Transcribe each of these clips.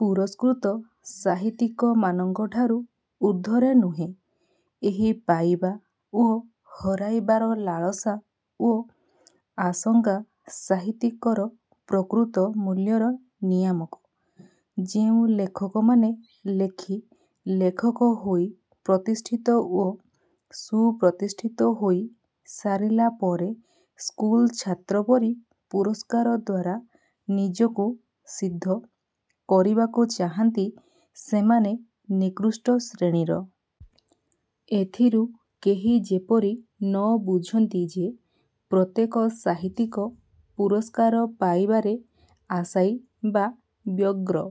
ପୁରସ୍କୃତ ସାହିତ୍ୟିକମାନଙ୍କଠାରୁ ଉର୍ଦ୍ଧ୍ୱରେ ନୁହେଁ। ଏହି ପାଇବା ଓ ହରାଇବାର ଲାଳସା ଓ ଆଶଙ୍କା ସାହିତ୍ୟିକର ପ୍ରକୃତ ମୂଲ୍ୟର ନିୟାମକ। ଯେଉଁ ଲେଖକମାନେ ଲେଖି ଲେଖକ ହୋଇ ପ୍ରତିଷ୍ଠିତ ଓ ସୁପ୍ରତିଷ୍ଠିତ ହୋଇ ସାରିଲା ପରେ ସ୍କୁଲ ଛାତ୍ର ପରି ପୁରସ୍କାର ଦ୍ୱାରା ନିଜକୁ ସିଦ୍ଧ କରିବାକୁ ଚାହାନ୍ତି ସେମାନେ ନିକୃଷ୍ଟ ଶ୍ରେଣୀର-। ଏଥିରୁ କେହି ଯେପରି ନ ବୁଝନ୍ତି ଯେ ପ୍ରତ୍ୟେକ ସାହିତ୍ୟିକ ପୁରସ୍କାର ପାଇବାରେ ଆଶାୟୀ ବା ବ୍ୟଗ୍ର।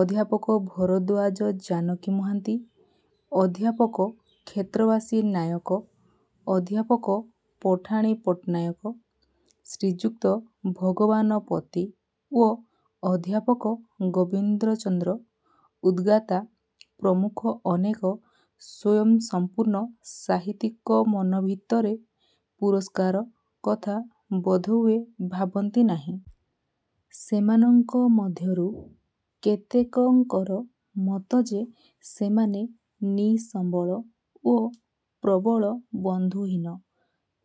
ଅଧ୍ୟାପକ ଭରଦ୍ୱାଜ ଜାନକୀ ମହାନ୍ତି, ଅଧ୍ୟାପକ କ୍ଷେତ୍ରବାସୀ ନାୟକ, ଅଧ୍ୟାପକ ପଠାଣି ପଟ୍ଟନାୟକ, ଶ୍ରୀଯୁକ୍ତ ଭଗବାନ ପତି ଓ ଅଧ୍ୟାପକ ଗୋବିନ୍ଦ ଚନ୍ଦ୍ର ଉଦ୍ଗାତା ପ୍ରମୁଖ ଅନେକ ସ୍ୱୟଂସମ୍ପୂର୍ଣ୍ଣ ସାହିତ୍ୟିକ ମନଭିତରେ ପୁରସ୍କାର କଥା ବୋଧହୁଏ ଭାବନ୍ତି ନାହିଁ। ସେମାନଙ୍କ ମଧ୍ୟରୁ କେତେକଙ୍କର ମତ ଯେ ସେମାନେ ନିସମ୍ୱଳ ଓ ପ୍ରବଳ ବନ୍ଧୁହୀନ।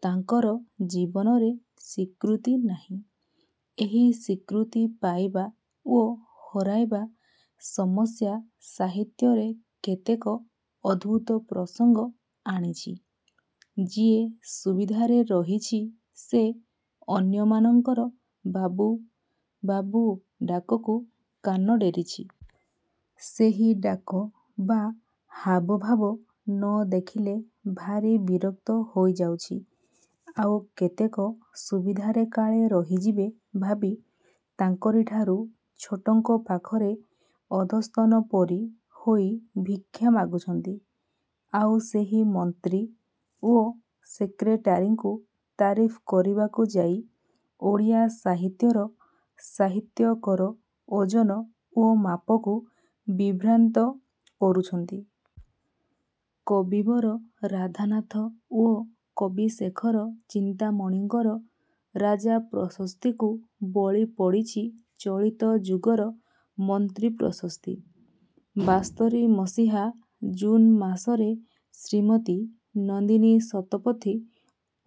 ତାଙ୍କର ଜୀବନରେ ସ୍ୱୀକୃତି ନାହିଁ। ଏହି ସ୍ୱୀକୃତି ପାଇବା ଓ ହରାଇବା ସମସ୍ୟା ସାହିତ୍ୟରେ କେତେକ ଅଦ୍ଭୁତ ପ୍ରସଙ୍ଗ ଆଣିଛି। ଯିଏ ସୁବିଧାରେ ରହିଛି ସେ ଅନ୍ୟମାନଙ୍କର ବାବୁ-ବାବୁ-ଡାକକୁ କାନ ଡେରିଛି। ସେହି ଡାକ ବା ହାବଭାବ ନ ଦେଖିଲେ ଭାରି ବିରକ୍ତ ହୋଇଯାଉଛି। ଆଉ କେତେକ ସୁବିଧାରେ କାଳେ ରହିଯିବେ ଭାବି ତାଙ୍କରିଠାରୁ ଛୋଟଙ୍କ ପାଖରେ ଅଧସ୍ତନ ପରି ହୋଇ ଭିକ୍ଷା ମାଗୁଛନ୍ତି। ଆଉ ସେହି ମନ୍ତ୍ରୀ ଓ ସେକ୍ରେଟାରୀଙ୍କୁ ତାରିଫ୍ କରିବାକୁ ଯାଇ ଓଡ଼ିଆ ସାହିତ୍ୟର ସାହିତ୍ୟିକର ଓଜନ ଓ ମାପକୁ ବିଭ୍ରାନ୍ତ କରୁଛନ୍ତି। କବିବର ରାଧାନାଥ ଓ କବିଶେଖର ଚିନ୍ତାମଣିଙ୍କର ରାଜା-ପ୍ରଶସ୍ତିକୁ ବଳି ପଡ଼ିଛି ଚଳିତ ଯୁଗର ମନ୍ତ୍ରୀ-ପ୍ରଶସ୍ତି। ବାସ୍ତରୀ ମସିହା ଜୁନ୍ ମାସରେ ଶ୍ରୀମତୀ ନନ୍ଦିନୀ ଶତପଥୀ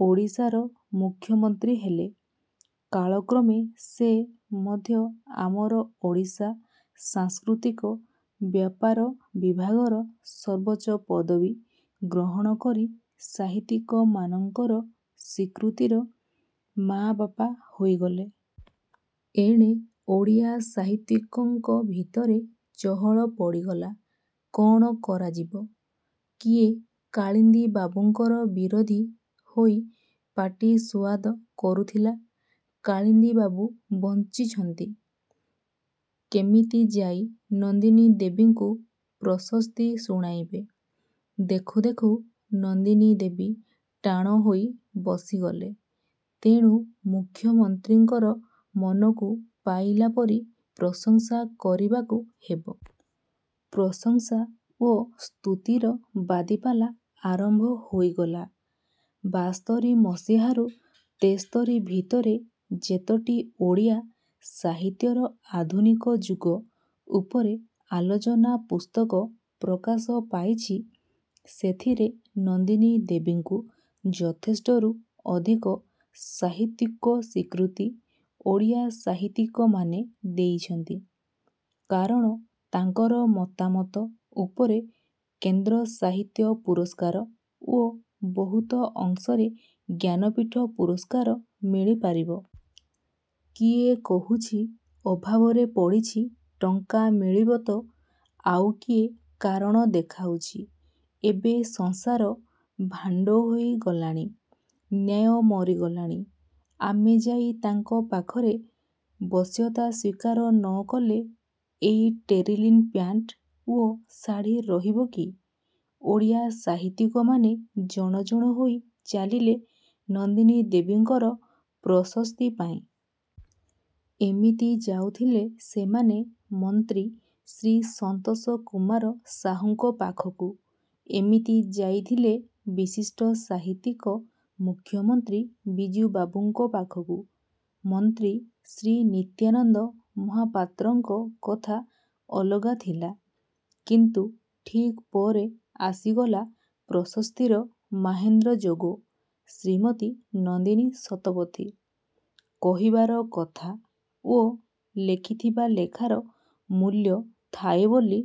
ଓଡ଼ିଶାର ମୁଖ୍ୟମନ୍ତ୍ରୀ ହେଲେ। କାଳକ୍ରମେ ସେ ମଧ୍ୟ ଆମର ଓଡ଼ିଶା ସାଂସ୍କୃତିକ ବ୍ୟାପାର ବିଭାଗର ସର୍ବୋଚ୍ଚ ପଦବୀ ଗ୍ରହଣ କରି ସାହିତ୍ୟିକମାନଙ୍କର ସ୍ୱୀକୃତିର ମାଆବାପା ହୋଇଗଲେ। ଏଣେ ଓଡ଼ିଆ ସାହିତ୍ୟିକଙ୍କ ଭିତରେ ଚହଳ ପଡ଼ିଗଲା-କ'ଣ କରାଯିବ? କିଏ କାଳିନ୍ଦୀ ବାବୁଙ୍କର ବିରୋଧି ହୋଇ ପାଟିସୁଆଦ କରୁଥିଲା। କାଳିନ୍ଦୀବାବୁ ବଞ୍ଚିଛନ୍ତି। କେମିତି ଯାଇ ନନ୍ଦିନୀ ଦେବୀଙ୍କୁ ପ୍ରଶସ୍ତି ଶୁଣାଇବେ? ଦେଖୁ ଦେଖୁ ନନ୍ଦିନୀ ଦେବୀ ଟାଣ ହୋଇ ବସିଗଲେ। ତେଣୁ ମୁଖ୍ୟମନ୍ତ୍ରୀଙ୍କର ମନକୁ ପାଇଲା ପରି ପ୍ରଶଂସା କରିବାକୁ ହେବ। ପ୍ରଶଂସା ଓ ସ୍ତୁତିର ବାଦିପାଲା ଆରମ୍ଭ ହୋଇଗଲା। ବାସ୍ତରୀ ମସିହାରୁ ତେସ୍ତରୀ ଭିତରେ ଯେତୋଟି ଓଡ଼ିଆ ସାହିତ୍ୟର ଆଧୁନିକ ଯୁଗ ଉପରେ ଆଲୋଚନା ପୁସ୍ତକ ପ୍ରକାଶ ପାଇଛି ସେଥିରେ ନନ୍ଦିନୀ ଦେବୀଙ୍କୁ ଯଥେଷ୍ଟରୁ ଅଧିକ ସାହିତ୍ୟିକ ସ୍ୱୀକୃତି ଓଡ଼ିଆ ସାହିତ୍ୟିକମାନେ ଦେଇଛନ୍ତି। କାରଣ ତାଙ୍କର ମତାମତ ଉପରେ କେନ୍ଦ୍ର ସାହିତ୍ୟ ପୁରସ୍କାର ଓ ବହୁତ ଅଂଶରେ ଜ୍ଞାନପୀଠ ପୁରସ୍କାର ମିଳି ପାରିବ। କିଏ କହୁଛି-ଅଭାବରେ ପଡ଼ିଛି ଟଙ୍କା ମିଳିବ ତ। ଆଉ କିଏ କାରଣ ଦେଖାଉଛି-ଏବେ ସଂସାର ଭାଣ୍ତ ହୋଇ ଗଲାଣି। ନ୍ୟାୟ ମରିଗଲାଣି। ଆମେ ଯାଇ ତାଙ୍କ ପାଖରେ ବଶ୍ୟତା ସ୍ୱୀକାର ନ କଲେ ଏଇ ଟେରିଲିନ ପ୍ୟାଣ୍ଟ ଓ ଶାଢ଼ୀ ରହିବ କି? ଓଡ଼ିଆ ସାହିତ୍ୟିକମାନେ ଜଣ ଜଣ ହୋଇ ଚାଲିଲେ ନନ୍ଦିନୀ ଦେବୀଙ୍କର ପ୍ରଶସ୍ତି ପାଇଁ-। ଏମିତି ଯାଉଥିଲେ ସେମାନେ ମନ୍ତ୍ରୀ ଶ୍ରୀ ସନ୍ତୋଷ କୁମାର ସାହୁଙ୍କ ପାଖକୁ। ଏମିତି ଯାଇଥିଲେ ବିଶିଷ୍ଟ ସାହିତ୍ୟିକ ମୁଖ୍ୟମନ୍ତ୍ରୀ ବିଜୁବାବୁଙ୍କ ପାଖକୁ। ମନ୍ତ୍ରୀ ଶ୍ରୀ ନିତ୍ୟାନନ୍ଦ ମହାପାତ୍ରଙ୍କ କଥା ଅଲଗା ଥିଲା। କିନ୍ତୁ ଠିକ୍ ପରେ ଆସିଗଲା ପ୍ରଶସ୍ତିର ମାହେନ୍ଦ୍ର ଯୋଗ-ଶ୍ରୀମତୀ ନନ୍ଦିନୀ ଶତପଥୀ-। କହିବାର କଥା ଓ ଲେଖିଥିବା ଲେଖାର ମୂଲ୍ୟ ଥାଏ ବୋଲି